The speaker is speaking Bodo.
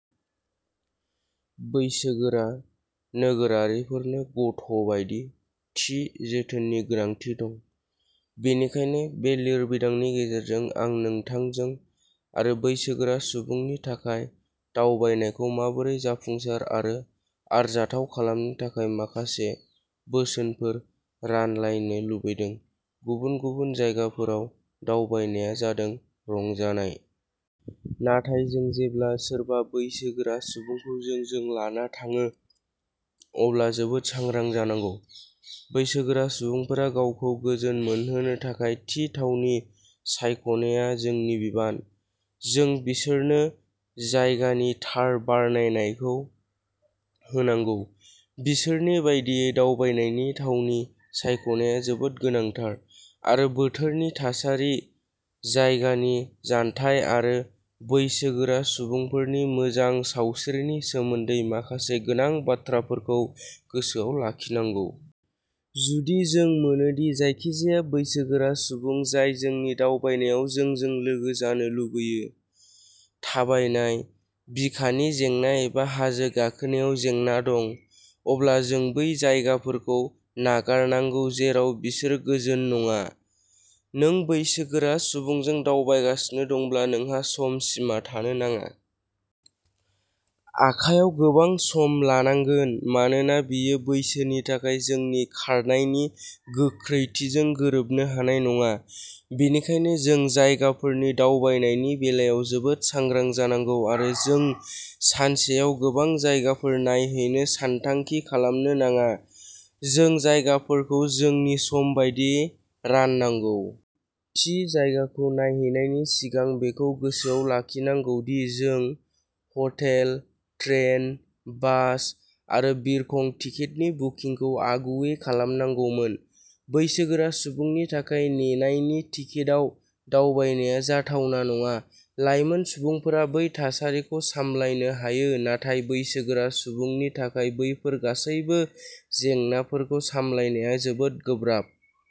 बैसोगोरा नोगोरारिफोरनो गथ'बायदि थि जोथोननि गोनांथि दं। बेनिखायनो बे लिरबिदांनि गेजेरजों आं नोंथांजों आरो बैसोगोरा सुबुंनि थाखाय दावबायनायखौ माबोरै जाफुंसार आरो आरजाथाव खालामनो थाखाय माखासे बोसोनफोर रानलायनो लुबैदों। गुबुन गुबुन जायगाफोराव दावबायनाया जादों रंजानाय। नाथाय जों जेब्ला सोरबा बैसो गोरा सुबुंखौ जोंजों लाना थाङो अब्ला जोबोद सांग्रां जानांगौ। बैसो गोरा सुबुंफोरा गावखौ गोजोन मोनहोनो थाखाय थि थावनि सायख'नाया जोंनि बिबान। जों बिसोरनो जायगानि थार बरनायनायखौ होनांगौ। बिसोरनि बादियै दावबायनायनि थावनि सायख'नाया जोबोद गोनांथार आरो बोथोरनि थासारि, जायगानि जानथाय आरो बैसो गोरा सुबुंफोरनि मोजां सावस्रिनि सोमोन्दै माखासे गोनां बाथ्राफोरखौ गोसोआव लाखिनांगौ। जुदि जों मोनोदि जायखिजाया बैसो गोरा सुबुं जाय जोंनि दावबायनायाव जोंजों लोगो जानो लुबैयो, थाबायनाय, बिखानि जेंना एबा हाजो गाखोनायाव जेंना दं, अब्ला जों बै जायगाफोरखौ नागारनांगौ जेराव बिसोर गोजोन नङा। नों बैसो गोरा सुबुंजों दावबायगासिनो दंब्ला नोंहा सम सिमा थानो नाङा। आखायाव गोबां सम लानांगोन मानोना बेयो बिसोरनि थाखाय जोंनि खारनायनि गोख्रैथिजों गोरोबनो हानाय नङा। बेनिखायनो जों जायगाफोरनि दावबायनायनि बेलायाव जोबोद सांग्रा जानांगौ आरो जों सानसेआव गोबां जायगाफोर नायहैनो सानथांखि खालामनो नाङा। जों जायगाफोरखौ जोंनि सम बायदियै राननांगौ। थि जायगाखौ नायहैनायनि सिगां बेखौ गोसोआव लाखिनांगौ दि जों हटेल, ट्रेन, बास आरो बिरखं टिकेटनि बुकिंखौ आगुयै खालामनांगौमोन। बैसोगोरा सुबुंनि थाखाय नेनायनि टिकेटआव दावबायनाया जाथावना नङा। लाइमोन सुबुंफोरा बै थासारिखौ सामलायनो हायो नाथाय बैसोगोरा सुबुंनि थाखाय बैफोर गासैबो जेंनाफोरखौ सामलायनाया जोबोद गोब्राब।